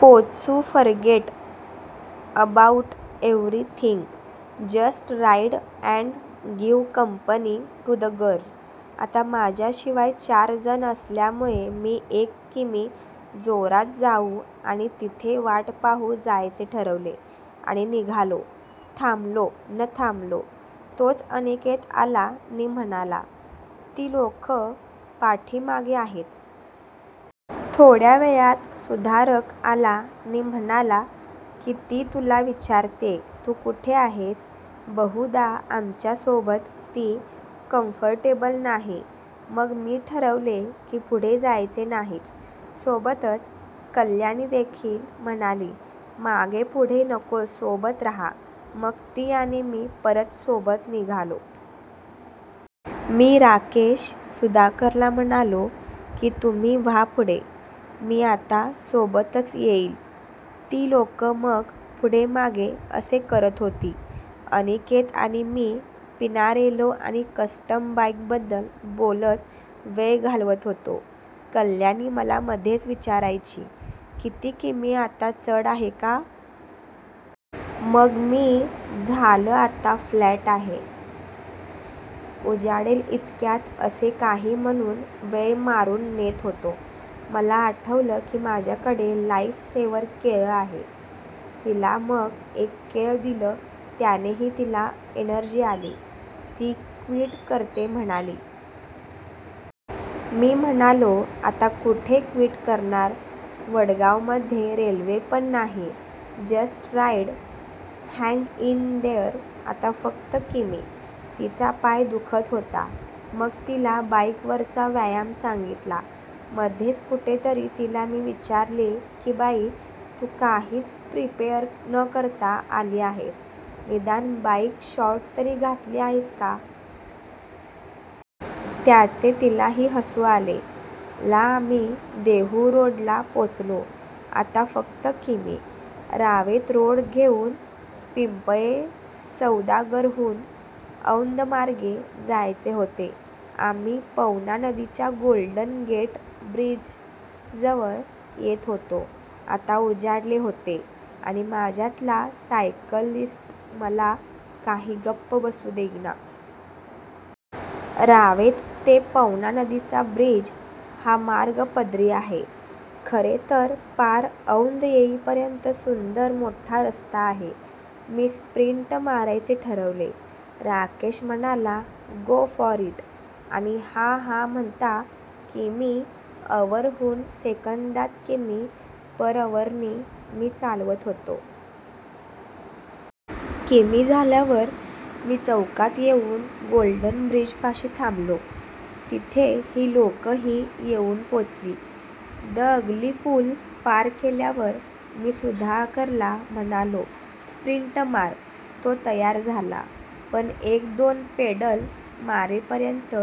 पोचू forget about everything, just ride and give company to the girl. आता माझ्याशिवाय चार जण असल्यामुळे मी एक किमी जोरात जाऊ आणि तिथे वाट पाहू जायचे ठरवले. आणि निघालो. थांबलो न थांबलो तोच अनिकेत आला नी म्हणाला, ती लोकं पाठीमागे आहेत. थोड्यावेळात सुधाकर आला नी म्हणाला की ती तुला विचारतेय तू कुठे आहेस, बहुदा आमच्यासोबत ती कम्फर्टेबल नाही. मग मी ठरवले की पुढे जायचे नाहीच. सोबतच. कल्याणीदेखील म्हणाली, मागे पुढे नको सोबत रहा. मग ती आणि मी परत सोबत निघालो. मी राकेश, सुधाकरला म्हणालो की तुम्ही व्हा पुढे, मी आता सोबतच येईल. ती लोकं मग पुढे मागे असे करत होती. अनिकेत आणि मी पिनारेलो आणि कस्टम बाईक बद्दल बोलत वेळ घालवत होतो. कल्याणी मला मध्येच विचारायची, किती किमी, आता चढ आहे का? मग मी, झालं आता फ्लॅट आहे, उजाडेल इतक्यात असे काही म्हणून वेळ मारून नेत होतो. मला आठवलं की माझ्याकडे लाईफ सेव्हर केळं आहे. तिला मग एक केळं दिलं त्यानेही तिला एनर्जी आली. ती क्विट करते म्हणाली. मी म्हणालो, आता कुठे क्विट करणार, वडगाव मध्ये रेल्वे पण नाही. Just ride, hang in there आता फक्त किमी. तिचा पाय दुखत होता. मग तिला बाईकवरचा व्यायाम सांगीतला. मध्येच कुठेतरी तिला मी विचारले की बाई, तू काहीच प्रिपेअर न करता आली आहेस, निदान बाईक शॉर्ट तरी घातली आहेस का? त्याचे तिलाही हसू आले. ला आम्ही देहूरोडला पोचलो. आता फक्त किमी. रावेत रोड घेऊन, पिंपळे सौदागरहून औंधमार्गे जायचे होते. आम्ही पवना नदीच्या गोल्डन गेट ब्रिज जवळ येत होतो. आता उजाडले होते आणि माझ्यातला सायकलिस्ट मला काही गप्प बसू देईना. रावेत ते पवना नदीचा ब्रिज हा मार्ग पदरी आहे. खरेतर पार औंध येईपर्यंत सुंदर मोठा रस्ता आहे. मी स्प्रिंट मारायचे ठरवले. राकेश म्हणाला गो फॉर इट. आणि हा हा म्हणता किमी / अवर हून सेंकदात किमी पर अवरनी मी चालवत होतो. किमी झाल्यावर मी चौकात येऊन गोल्डन ब्रीज पाशी थांबलो. तिथे ही लोकंही येऊन पोचली. द अग्लीपुल पार केल्यावर मी सुधाकरला म्हणालो स्प्रिंट मार. तो तयार झाला, पण एक दोन पेडल मारे पर्यंत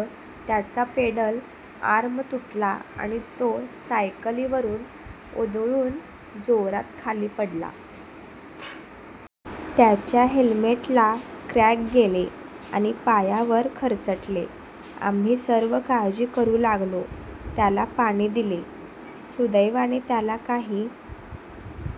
त्याचा पेडल आर्म तुटला आणि तो सायकलीवरून उधळून जोरात खाली पडला. त्याच्या हेल्मेटला क्रॅक गेले आणि पायावर खरचटले. आम्ही सर्व काळजी करू लागलो. त्याला पाणी दिले. सुदैवाने त्याला काही